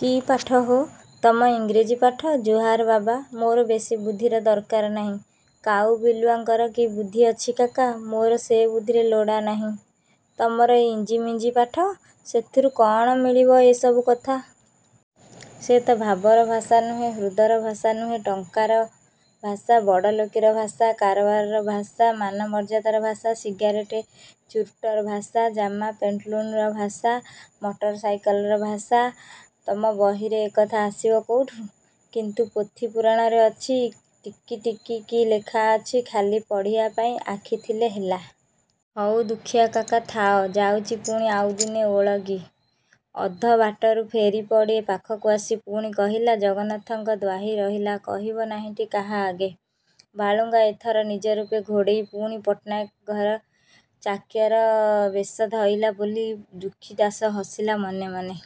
କି ପାଠ ହୋ? ତମ ଇଂରେଜୀ ପାଠ। ଜୁହାର ବାବା। ମୋର ବେଶି ବୁଦ୍ଧିର ଦରକାର ନାହିଁ। କାଉ ବିଲୁଆଙ୍କର ବି ବୁଦ୍ଧି ଅଛି କାକା। ମୋର ସେ ବୁଦ୍ଧିରେ ଲୋଡ଼ା ନାହିଁ। ତମର ଏଇ ଇଞ୍ଜିମିଞ୍ଜି ପାଠ? ସେଥିରୁ କ'ଣ ମିଳିବ ଏ ସବୁ କଥା? ସେ ତ ଭାବର ଭାଷା ନୁହେଁ ହୃଦର ଭାଷା ନୁହେଁ ଟଙ୍କାର ଭାଷା ବଡ଼ଲୋକୀର ଭାଷା କାରବାରର ଭାଷା ମାନମର୍ଯ୍ୟାଦାର ଭାଷା ସିଗାରେଟ୍ ଚୁରୁଟର ଭାଷା ଜାମା ପ୍ୟେଣ୍ଟଲୁନର ଭାଷା ମଟର ସାଇକଲର ଭାଷା ତମ ବହିରେ ଏକଥା ଆସିବ କୋଉଠୁ। କିନ୍ତୁ ପୋଥିପୁରାଣରେ ଅଛି ଟିକିଟିକି କି ଲେଖାଅଛି ଖାଲି ପଢ଼ିବାପାଇଁ ଆଖି ଥିଲେ ହେଲା। ହଉ ଦୁଃଖୀଆ କାକା ଥାଅ ଯାଉଚି ପୁଣି ଆଉଦିନେ ଓଳଗି। ଅଧବାଟରୁ ଫେରିପଡ଼ି ପାଖକୁ ଆସି ପୁଣି କହିଲା, ଜଗନ୍ନାଥଙ୍କ ଦ୍ୱାହି ରହିଲା କହିବ ନାହିଁଟି କାହା ଆଗେ। ବାଳୁଙ୍ଗା ଏଥର ନିଜରୂପ ଘୋଡ଼େଇ ପୁଣି ପଟ୍ଟନାୟକ ଘର ଚାକର ବେଶ ଧଇଲା ବୋଲି, ଦୁଃଖୀ ଦାଶ ହସିଲା ମନେ ମନେ।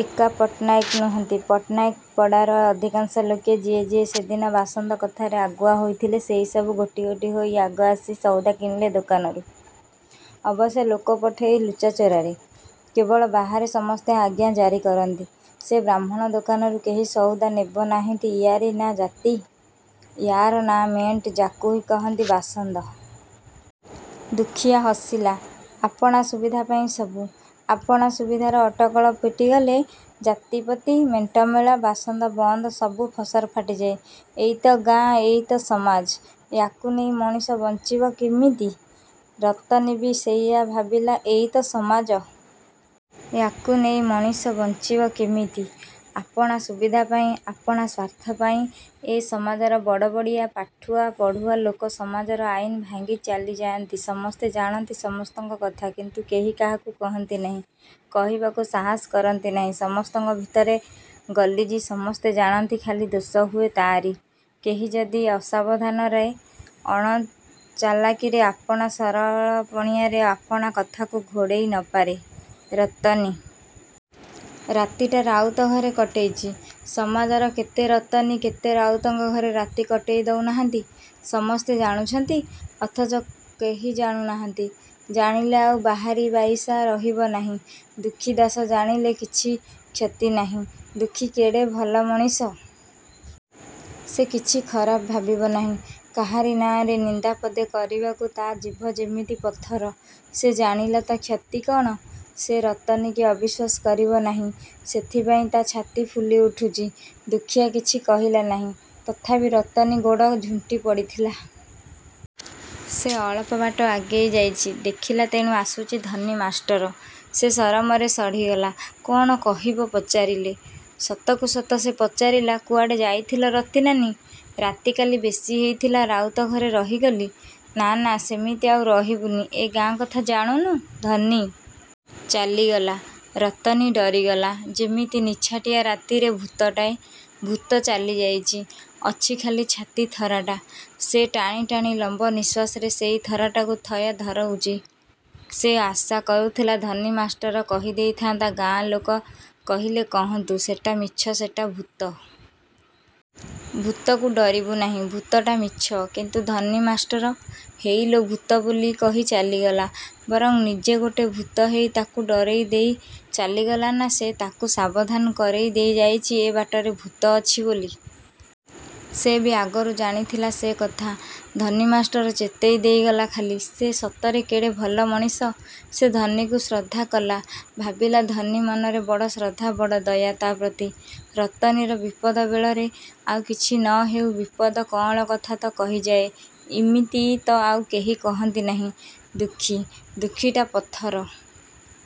ଏକା ପଟ୍ଟନାୟକେ ନୁହନ୍ତି, ପଟ୍ଟନାୟକପଡ଼ାର ଅଧିକାଂଶ ଲୋକେ ଯିଏ ଯିଏ ସେଦିନ ବାସନ୍ଦ କଥାରେ ଆଗୁଆ ହେଇଥିଲେ ସେଇ ସବୁ ଗୋଟି ଗୋଟି ହୋଇ ଆଗ ଆସି ସଉଦା କିଣିଲେ ଦୋକାନରୁ। ଅବଶ୍ୟ ଲୋକପଠେଇ ଲୁଚାଚୋରାରେ। କେବଳ ବାହାରେ ସମସ୍ତେ ଆଜ୍ଞା ଜାରି କରନ୍ତି, “ସେ ବ୍ରାହ୍ମଣ ଦୋକାନରୁ କେହି ସଉଦା ନେବ ନାହିଁଟି ଇୟାରି ନା ଜାତି, ଇୟାର ନା ମେଣ୍ଟ ଯାକୁହିଁ କହନ୍ତି ବାସନ୍ଦ। ଦୁଃଖୀଆ ହସିଲା। ଆପଣା ସୁବିଧାପାଇଁ ସବୁ। ଆପଣା ସୁବିଧାର ଅଟକଳ ପିଟିଗଲେ ଜାତି ପତି, ମେଣ୍ଟ ମେଳ, ବାସନ୍ଦ ବନ୍ଦ, ସବୁ ଫସର ଫଟିଯାଏ। ଏଇ ତ ଗାଁ ଏଇ ତ ସମାଜ, ୟାକୁ ନେଇ ମଣିଷ ବଞ୍ଚିବ କିମିତି! ରତନୀବି ସେଇୟା ଭାବିଲା ଏଇ ତ ସମାଜ? ୟାକୁ ନେଇ ମଣିଷ ବଞ୍ଚିବ କିମିତି? ଆପଣା ସୁବିଧାପାଇଁ, ଆପଣା ସ୍ୱାର୍ଥପାଇଁ, ଏ ସମାଜର ବଡ଼ବଡ଼ିଆ, ପାଠୁଆ ପଢ଼ୁଆ ଲୋକେ ସମାଜର ଆଇନ ଭାଙ୍ଗି ଚାଲିଯାଆନ୍ତି ସମସ୍ତେ ଜାଣନ୍ତି ସମସ୍ତଙ୍କ କଥା କିନ୍ତୁ କେହି କାହାକୁ କହନ୍ତି ନାହିଁ କହିବାକୁ ସାହସ କରନ୍ତି ନାହିଁ ସମସ୍ତଙ୍କ ଭିତରେ ଗଲିଜି ସମସ୍ତେ ଜାଣନ୍ତି ଖାଲି ଦୋଷହୁଏ ତା'ରି, କେହି ଯଦି ଅସାବଧାନରେ, ଅଣଚାଲାକିରେ ଆପଣା ସରଳପଣିଆରେ ଆପଣା କଥାକୁ ଘୋଡ଼େଇ ନ ପାରେ। ରତନୀ ରାତିଟା ରାଉତ ଘରେ କଟେଇଚି। ସମାଜର କେତେ ରତନୀ କେତେ ରାଉତଙ୍କ ଘରେ ରାତି କଟେଇ ଦଉ ନାହାନ୍ତି। ସମସ୍ତେ ଜାଣୁଛନ୍ତି, ଅଥଚ କେହି ଜାଣୁ ନାହାନ୍ତି। ଜାଣିଲେ ଆଉ ବାହାରି ବାଇଶା ରହିବ ନାହିଁ। ଦୁଃଖୀ ଦାଶ ଜାଣିଲେ କିଛି କ୍ଷତି ନାହିଁ। ଦୁଃଖୀ କେଡ଼େ ଭଲ ମଣିଷ। ସେ କିଛି ଖରାପ ଭାବିବ ନାହିଁ। କାହାରି ନାଆଁରେ ନିନ୍ଦା ପଦେ କରିବାକୁ ତା' ଜିଭ ଯେମିତି ପଥର। ସେ ଜାଣିଲା ତ କ୍ଷତି କ'ଣ? ସେ ରତନୀକି ଅବିଶ୍ୱାସ କରିବ ନାହିଁ। ସେଥିପାଇଁ ତା' ଛାତି ଫୁଲି ଉଠୁଛି। ଦୁଃଖୀଆ କିଛି କହିଲା ନାହିଁ। ତଥାପି ରତନୀ ଗୋଡ଼ ଝୁଣ୍ଟି ପଡ଼ିଥିଲା। ସେ ଅଳପବାଟ ଆଗେଇ ଯାଇଛି, ଦେଖିଲା, ତେଣୁ ଆସୁଚି ଧନୀ ମାଷ୍ଟର। ସେ ସରମରେ ଶଢ଼ିଗଲା। କ'ଣ କହିବ ପଚାରିଲେ? ସତକୁସତ ସେ ପଚାରିଲା, କୁଆଡ଼େ ଯାଇଥିଲ ରତିନାନୀ? ରାତି କାଲି ବେଶି ହେଇଥିଲା ରାଉତ ଘରେ ରହିଗଲି। ନା ନା ସେମିତି ଆଉ ରହିବୁନି ଏ ଗାଁ କଥା ଜାଣୁନୁ? ଧନୀ ଚାଲିଗଲା। ରତନୀ ଡରିଗଲା। ଯେମିତି ନିଛାଟିଆ ରାତିରେ ଭୂତଟାଏ। ଭୂତ ଚାଲିଯାଇଚି। ଅଛି ଖାଲି ଛାତି ଥରାଟା। ସେ ଟାଣି ଟାଣି ଲମ୍ବ ନିଃଶ୍ୱାସରେ ସେଇ ଥରାଟାକୁ ଥୟ ଧରଉଚି। ସେ ଆଶା କରୁଥିଲା ଧନୀ ମାଷ୍ଟର କହିଦେଇଥାନ୍ତା ଗାଁ ଲୋକ କହିଲେ କହନ୍ତୁ ସେଟା ମିଛ ସେଟା ଭୂତ। ଭୂତକୁ ଡରିବୁ ନାହିଁ। ଭୂତଟା ମିଛ। କିନ୍ତୁ ଧନୀ ମାଷ୍ଟର, “ହେଇଲୋ ଭୂତ” ବୋଲି କହି ଚାଲିଗଲା। ବରଂ ନିଜେ ଗୋଟେ ଭୂତ ହେଇ ତାକୁ ଡରେଇ ଦେଇ ଚାଲିଗଲା ନା ସେ ତାକୁ ସାବଧାନ କରେଇ ଦେଇଯାଇଛି ଏ ବାଟରେ ଭୂତ ଅଛି ବୋଲି। ସେ ବି ଆଗରୁ ଜାଣିଥିଲା ସେ କଥା। ଧନୀ ମାଷ୍ଟର ଚେତେଇ ଦେଇଗଲା ଖାଲି। ସେ ସତରେ କେଡ଼େ ଭଲ ମଣିଷ। ସେ ଧନୀକୁ ଶ୍ରଦ୍ଧା କଲା। ଭାବିଲା ଧନୀ ମନରେ ବଡ଼ ଶ୍ରଦ୍ଧା ବଡ଼ ଦୟା, ତା' ପ୍ରତି। ରତନୀର ବିପଦ ବେଳରେ ଆଉ କିଛି ନ ହେଉ ଦିପଦ କଅଁଳ କଥା ତ କହିଯାଏ ଏମିତି ତ ଆଉ କେହି କହନ୍ତି ନାହିଁ। ଦୁଃଖୀ, ଦୁଃଖୀଟା ପଥର।